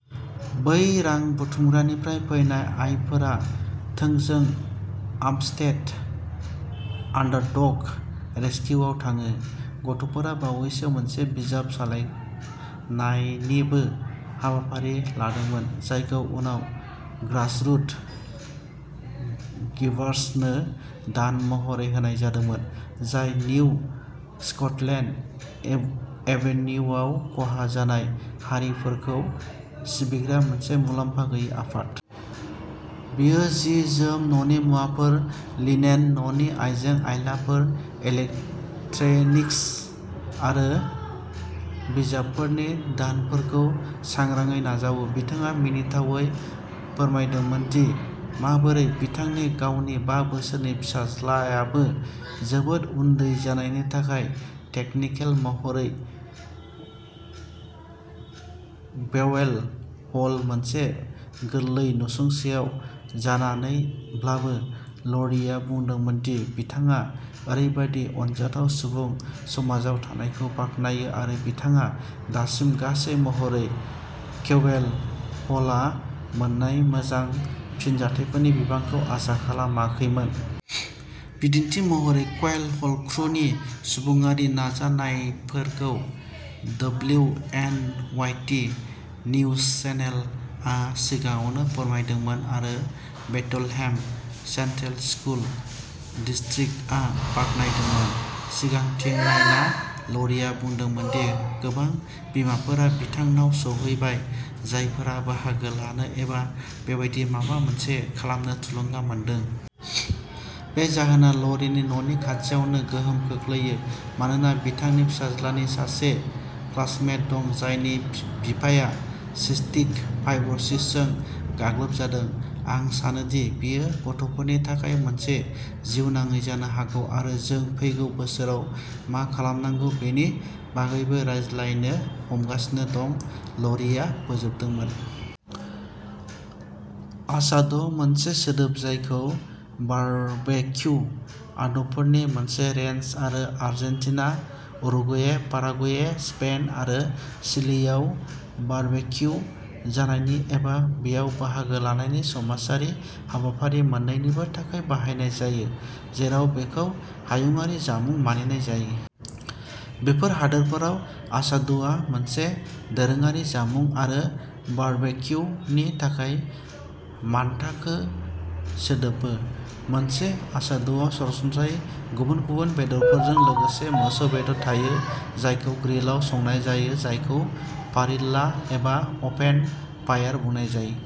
बै रां बुथुमग्रानिफ्राय फैनाय आयफोरा थोंजों आपस्टेट आन्डारडग रेसकिउआव थाङो। गथ'फोरा बावैसो मोनसे बिजाब सालायनायनिबो हाबाफारि लादोंमोन, जायखौ उनाव ग्रासरुट गिवार्सनो दान महरै होनाय जादोंमोन, जाय निउ स्कटलेन्ड एभेन्युआव खहा जानाय हारिफोरखौ सिबिग्रा मोनसे मुलाम्फा गैयै आफाद। बेयो जि-जोम, न'नि मुवाफोर, लिनेन, न'नि आइजें-आइलाफोर, इलेक्ट्रनिक्स आरो बिजाबफोरनि दानफोरखौ सांग्राङै नाजावो। बिथाङा मिनिथावै फोरमायदोंमोन दि माबोरै बिथांनि गावनि बा बोसोरनि फिसाज्लायाबो जोबोद उन्दै जानायनि थाखाय टेकनिकेल महरै क्वेल हल मोनसे गोरलै नसुंसेआव जानानैब्लाबो, ल'रिआ बुंदोंमोन दि बिथाङा ओरैबायदि अनजाथाव सुबुं समाजाव थानायखौ बाख्नायो आरो बिथाङा दासिम गासै महरै क्वेल हल'आ मोन्नाय मोजां फिनजाथायफोरनि बिबांखौ आसा खालामाखैमोन। बिदिन्थि महरै, क्वेल हल'क्रुनि सुबुंआरि नाजानायफोरखौ डब्लिउएनवाइटि निउजचेनेल आ सिगाङावनो फोरमायदोंमोन आरो बेथलहेम सेन्ट्रेल स्कुल डिस्ट्रिक्टआ बाख्नायदोंमोन। सिगांथिं नायना, ल'रिआ बुंदोंमोन दि गोबां बिमाफोरा बिथांनाव सौहैबाय जायफोरा बाहागो लानो एबा बेबादि माबा मोनसे खालामनो थुलुंगा मोनदों। बे जाहोना ल'रीनि न'नि खाथियावनो गोहोम खोख्लैयो मानोना बिथांनि फिसाज्लानि सासे क्लासमेट दं जायनि बिफाया सिस्टिक फाइब्र'सिसजों गाग्लोबजादों। "आं सानो दि बेयो गथ'फोरनि थाखाय मोनसे जिउनाङै जानो हागौ, आरो जों फैगौ बोसोराव मा खालामनांगौ बेनि बागैबो रायज्लायनो हमगासिनो दं", ल'रीआ फोजोबदोंमोन। आसाद' मोनसे सोदोब जायखौ बारबेक्यू आदबफोरनि मोनसे रेन्ज आरो आर्जेन्टिना, उरुगुवे, पाराग्वे, स्पेन आरो चिलीआव बारबेक्यू जानायनि एबा बेयाव बाहागो लानायनि समाजारि हाबाफारि मोन्नैनिबो थाखाय बाहायनाय जायो, जेराव बेखौ हायुंआरि जामुं मानिनाय जायो। बेफोर हादोरफोराव, आसाद'आ मोनसे दोरोङारि जामुं आरो "बारबेक्यू" नि थाखाय मानथाखो सोदोबबो। मोनसे आसाद'आव सरासनस्रायै गुबुन गुबुन बेदरफोरजों लोगोसे मोसौ बेदर थायो, जायखौ ग्रिलआव संनाय जायो, जायखौ पारिल्ला एबा अपेन फायार बुंनाय जायो।